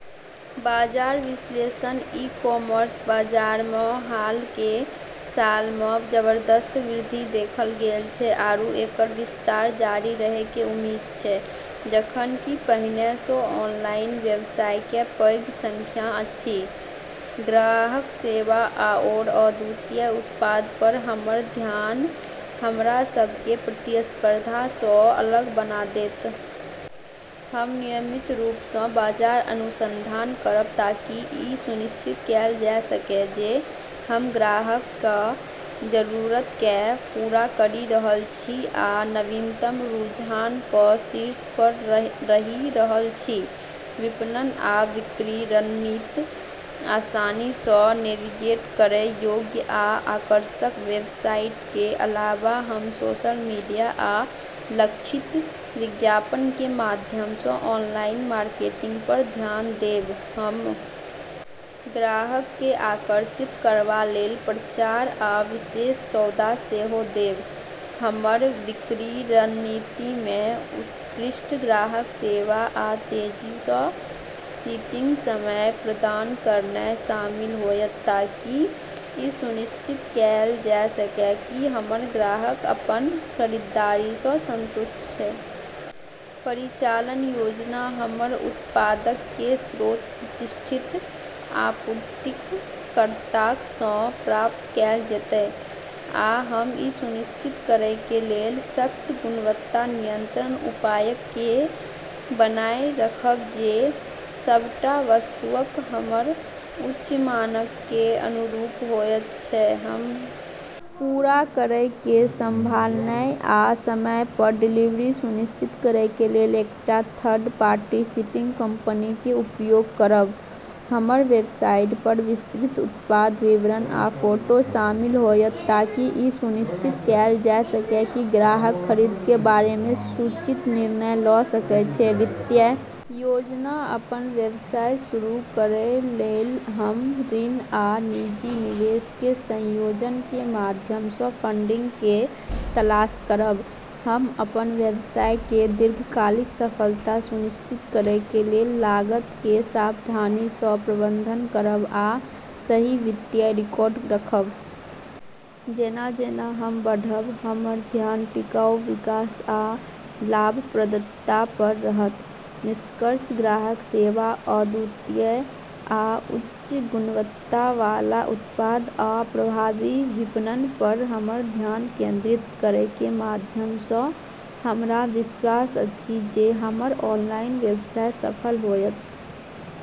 बाजार विश्लेषण e commerce बाजार मऽ हाल के सालऽ मऽ जबरदस्त वृद्धि देखल गेल छै आरू एकरऽ विस्तार जारी रहै के उम्मीद छै। जखन कि पहिने सऽ ऑनलाइन व्यवसाय के पैघ संख्या अछि ग्राहक सेवा आओर अद्वितीय उत्पाद पर हमर ध्यान हमरा सभ के प्रतिस्पर्धा सऽ अलग बना देत । हम नियमित रूप स बाजार अनुसंधान करब ताकि इ सुनिश्चित कैल जा सकए जे हम ग्राहक कऽ जरूरत कए पूरा करि रहल छी आ नवीनतम रुझान कऽ शीर्ष पर रहि रहल छी। विपणन आ बिक्री रणनीत आसानी सऽ नेविगेट करय योग्य आ आकर्षक वेबसाइट के अलावा हम सोशल मीडिया आ लक्षित विज्ञापन के माध्यम सऽ ऑनलाइन मार्केटिंग पर ध्यान देब ।हम ग्राहक के आकर्षित करबा लेल प्रचार आ विशेष सौदा सेहो देब। हमर बिक्री रणनीति मे उत्कृष्ट ग्राहक सेवा आ तेजी सऽ शिपिंग समय प्रदान करनाय शामिल होयत ताकि इ सुनिश्चित कैल जा सकय कि हमर ग्राहक अपन खरीदारी सऽ संतुष्ट छै । परिचालन योजना हमर उत्पादक के स्रोत प्रतिष्ठित आपूर्तिकर्ताक सऽ प्राप्त कैल जेतय आ हम इ सुनिश्चित करय के लेल सख्त गुणवत्ता नियंत्रण उपायक के बनाए रखब जे सबटा वस्तुअक हमर उच्च मानक के अनुरूप होयत छै ।हम पूरा करय के संभालनाय आ समय पर डिलीवरी सुनिश्चित करय के लेल एकटा थर्ड पार्टी शिपिंग कंपनी के उपयोग करब ।हमर वेबसाइट पर विस्तृत उत्पाद विवरण आ फोटो शामिल होयत ताकि इ सुनिश्चित कैल जा सकय कि ग्राहक खरीद के बारे मे सूचित निर्णय ल सकय छै ।वित्तीय योजना अपन व्यवसाय शुरू करय लेल हम ऋण आ निजी निवेश के संयोजन के माध्यम सं फंडिंग के तलाश करब। हम अपन व्यवसाय के दीर्घकालिक सफलता सुनिश्चित करय के लेल लागत के सावधानी सं प्रबंधन करब आ सही वित्तीय रिकॉर्ड रखब । जेना जेना हम बढ़ब, हमर ध्यान टिकाऊ विकास आ लाभप्रदता पर रहत। निष्कर्ष ग्राहक सेवा, अद्वितीय आ उच्च गुणवत्ता वाला उत्पाद, आ प्रभावी विपणन पर हमर ध्यान केंद्रित करय के माध्यम सऽ हमरा विश्वास अछि जे हमर ऑनलाइन व्यवसाय सफल होयत l